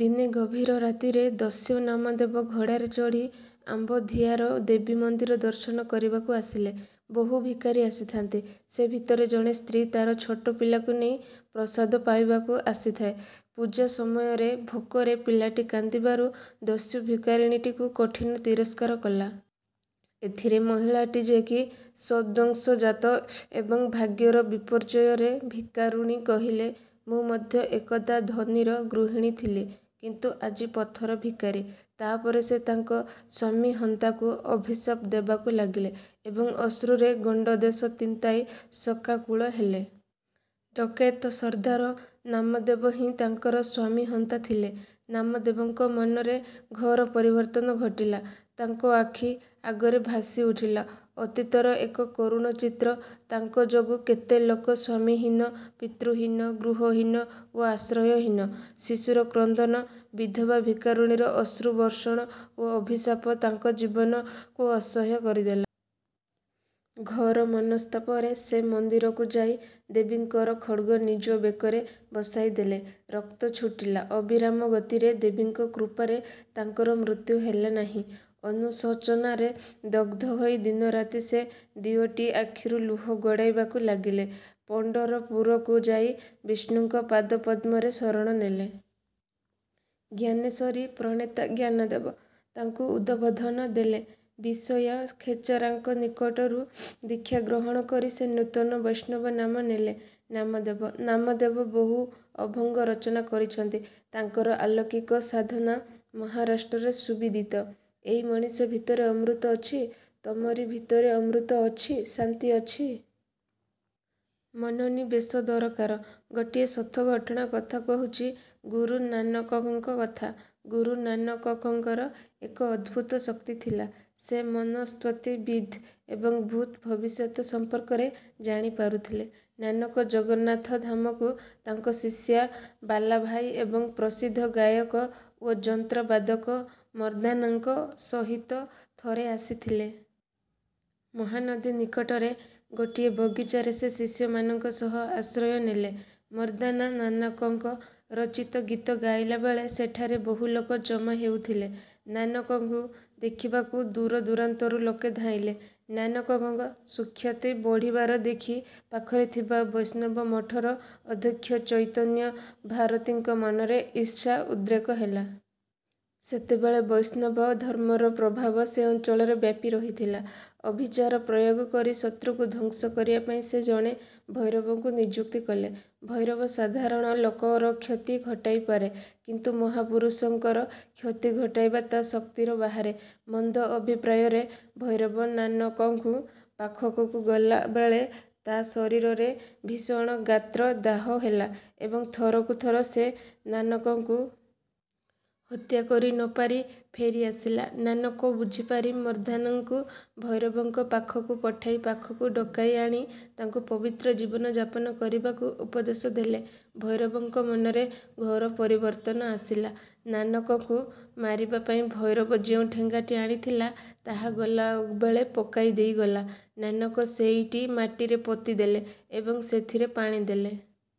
ଦିନେ ଗଭୀର ରାତିରେ ଦସ୍ୟୁ ନାମଦେବ ଘୋଡ଼ାରେ ଚଢ଼ି ଅମ୍ବୋଧିଆର ଦେବୀମନ୍ଦିର ଦର୍ଶନ କରିବାକୁ ଆସିଲେ। ବହୁ ଭିକାରୀ ଆସିଥାନ୍ତି। ସେ ଭିତରେ ଜଣେ ସ୍ତ୍ରୀ ତାର ଛୋଟ ପିଲାକୁ ନେଇ ପ୍ରସାଦ ପାଇବାକୁ ଆସିଥାଏ। ପୂଜା ସମୟରେ ଭୋକରେ ପିଲାଟି କାନ୍ଦିବାରୁ ଦସ୍ୟୁ ଭିକାରୁଣୀଟିକୁ କଠିନ ତିରସ୍କାର କଲା। ଏଥିରେ ମହିଳାଟି, ଯେ କି ସଦ୍ବଂଶଜାତ ଏବଂ ଭାଗ୍ୟର ବିପର୍ଯ୍ୟୟରେ ଭିକାରୁଣୀ, କହିଲେ, ''ମୁଁ ମଧ୍ୟ ଏକଦା ଧନୀର ଗୃହିଣୀ ଥିଲି କିନ୍ତୁ ଆଜି ପଥର ଭିକାରୀ। '' ତା'ପରେ ସେ ତାଙ୍କ ସ୍ୱାମିହନ୍ତାଙ୍କୁ ଅଭିଶାପ ଦେବାକୁ ଲାଗିଲେ ଏବଂ ଅଶ୍ରୁରେ ଗଣ୍ଡଦେଶ ତିନ୍ତାଇ ଶୋକାକୁଳ ହେଲେ। ଡକାଏତ ସର୍ଦ୍ଦାର ନାମଦେବ ହିଁ ତାଙ୍କର ସ୍ୱାମିହନ୍ତା ଥିଲେ। ନାମଦେବଙ୍କ ମନରେ ଘୋର ପରିବର୍ତ୍ତନ ଘଟିଲା। ତାଙ୍କ ଆଖି ଆଗରେ ଭାସିଉଠିଲା ଅତୀତର ଏକ କରୁଣ ଚିତ୍ର। ତାଙ୍କ ଯୋଗୁ କେତେ ଲୋକ ସ୍ୱାମିହୀନ, ପିତୃହୀନ, ଗୃହହୀନ ଓ ଆଶ୍ରୟହୀନ! ଶିଶୁର କ୍ରନ୍ଦନ, ବିଧବା ଭିକାରୁଣୀର ଅଶ୍ରୁବର୍ଷଣ ଓ ଅଭିଶାପ ତାଙ୍କ ଜୀବନକୁ ଅସହ୍ୟ କରିଦେଲା। ଘୋର ମନସ୍ତାପରେ ସେ ମନ୍ଦିରକୁ ଯାଇ ଦେବୀଙ୍କର ଖଡ୍ଗ ନିଜ ବେକରେ ବସାଇଦେଲେ। ରକ୍ତ ଛୁଟିଲା ଅବିରାମ ଗତିରେ। ଦେବୀଙ୍କ କୃପାରେ ତାଙ୍କର ମୃତ୍ୟୁ ହେଲା ନାହିଁ। ଅନୁଶୋଚନାରେ ଦଗ୍ଧ ହୋଇ ଦିନରାତି ସେ ଦିଓଟି ଆଖିରୁ ଲୁହ ଗଡ଼ାଇବାକୁ ଲାଗିଲେ। ପଣ୍ଢରପୁରକୁ ଯାଇ ବିଷ୍ଣୁଙ୍କ ପାଦପଦ୍ମରେ ଶରଣ ନେଲେ। ଜ୍ଞାନେଶ୍ୱରୀ-ପ୍ରଣେତା ଜ୍ଞାନଦେବ ତାଙ୍କୁ ଉଦବୋଧନ ଦେଲେ। ବିଶୋୟା ଖେଚରାଙ୍କ ନିକଟରୁ ଦୀକ୍ଷା ଗ୍ରହଣ କରି ସେ ନୂତନ ବୈଷ୍ଣବ ନାମ ନେଲେ ନାମଦେବ। ନାମଦେବ ବହୁ ଅଭଙ୍ଗ ରଚନା କରିଛନ୍ତି। ତାଙ୍କର ଅଲୌକିକ ସାଧନା ମହାରାଷ୍ଟ୍ରରେ ସୁବିଦିତ। ଏଇ ମଣିଷ ଭିତରେ ଅମୃତ ଅଛି ତମରି ଭିତରେ ଅମୃତ ଅଛି, ଶାନ୍ତି ଅଛି। ମନୋନିବେଶ ଦରକାର। ଗୋଟିଏ ସତ ଘଟଣା କଥା କହୁଛି ଗୁରୁ ନାନକଙ୍କ କଥା। ଗୁରୁ ନାନକଙ୍କର ଏକ ଅଦ୍ଭୁତ ଶକ୍ତି ଥିଲା। ସେ ମନସ୍ତତ୍ତ୍ୱବିଦ୍ ଏବଂ ଭୂତ-ଭବିଷ୍ୟତ ସମ୍ପର୍କରେ ଜାଣି ପାରୁଥିଲେ। ନାନକ ଜଗନ୍ନାଥ ଧାମକୁ ତାଙ୍କ ଶିଷ୍ୟ ବାଲାଭାଇ ଏବଂ ପ୍ରସିଦ୍ଧ ଗାୟକ ଓ ଯନ୍ତ୍ରବାଦକ ମର୍ଦ୍ଦାନାଙ୍କ ସହିତ ଥରେ ଆସିଥିଲେ। ମହାନଦୀ ନିକଟରେ ଗୋଟିଏ ବଗିଚାରେ ସେ ଶିଷ୍ୟମାନଙ୍କ ସହ ଆଶ୍ରୟ ନେଲେ। ମର୍ଦ୍ଦାନା ନାନକଙ୍କ ରଚିତ ଗୀତ ଗାଇଲାବେଳେ ସେଠାରେ ବହୁଲୋକ ଜମା ହେଉଥିଲେ। ନାନକଙ୍କୁ ଦେଖିବାକୁ ଦୂରଦୂରାନ୍ତରୁ ଲୋକ ଧାଇଁଲେ। ନାନକଙ୍କ ସୁଖ୍ୟାତି ବଢ଼ିବାର ଦେଖି ପାଖରେ ଥିବା ବୈଷ୍ଣବମଠର ଅଧ୍ୟକ୍ଷ ଚୈତନ୍ୟଭାରତୀଙ୍କ ମନରେ ଈର୍ଷା-ଉଦ୍ରେକ ହେଲା। ସେତେବେଳେ ବୈଷ୍ଣବ ଧର୍ମର ପ୍ରଭାବ ସେ ଅଞ୍ଚଳରେ ବ୍ୟାପି ରହିଥିଲା-। ଅଭିଚାର ପ୍ରୟୋଗ କରି ଶତ୍ରୁକୁ ଧ୍ୱଂସ କରିବାପାଇଁ ସେ ଜଣେ ଭୈରବକୁ ନିଯୁକ୍ତ କଲେ। ଭୈରବ ସାଧାରଣ ଲୋକର କ୍ଷତି ଘଟାଇପାରେ କିନ୍ତୁ ମହାପୁରୁଷଙ୍କର କ୍ଷତି ଘଟାଇବା ତା' ଶକ୍ତିର ବାହାରେ। ମନ୍ଦ ଅଭିପ୍ରାୟରେ ଭୈରବ ନାନକଙ୍କ ପାଖକୁ ଗଲାବେଳେ ତା' ଶରୀରରେ ଭୀଷଣ ଗାତ୍ରଦାହ ହେଲା ଏବଂ ଥରକୁ ଥର ସେ ନାନକଙ୍କୁ। ହତ୍ୟା କରି ନପାରି ଫେରି ଆସିଲା। ନାନକ ବୁଝିପାରି ମର୍ଦ୍ଦାନାଙ୍କୁ ଭୈରବଙ୍କ ପାଖକୁ ପଠାଇ ପାଖକୁ ଡକାଇ ଆଣି ତାଙ୍କୁ ପବିତ୍ର ଜୀବନ ଯାପନ କରିବାକୁ ଉପଦେଶ ଦେଲେ। ଭୈରବଙ୍କ ମନରେ ଘୋର ପରିବର୍ତ୍ତନ ଆସିଲା। ନାନକଙ୍କୁ ମାରିବା ପାଇଁ ଭୈରବ ଯେଉଁ ଠେଙ୍ଗାଟି ଆଣିଥିଲା, ତାହା ଗଲାବେଳେ ପକାଇ ଦେଇଗଲା। ନାନକ ସେଇଟି ମାଟିରେ ପୋତି ଦେଲେ ଏବଂ ସେଥିରେ ପାଣି ଦେଲେ।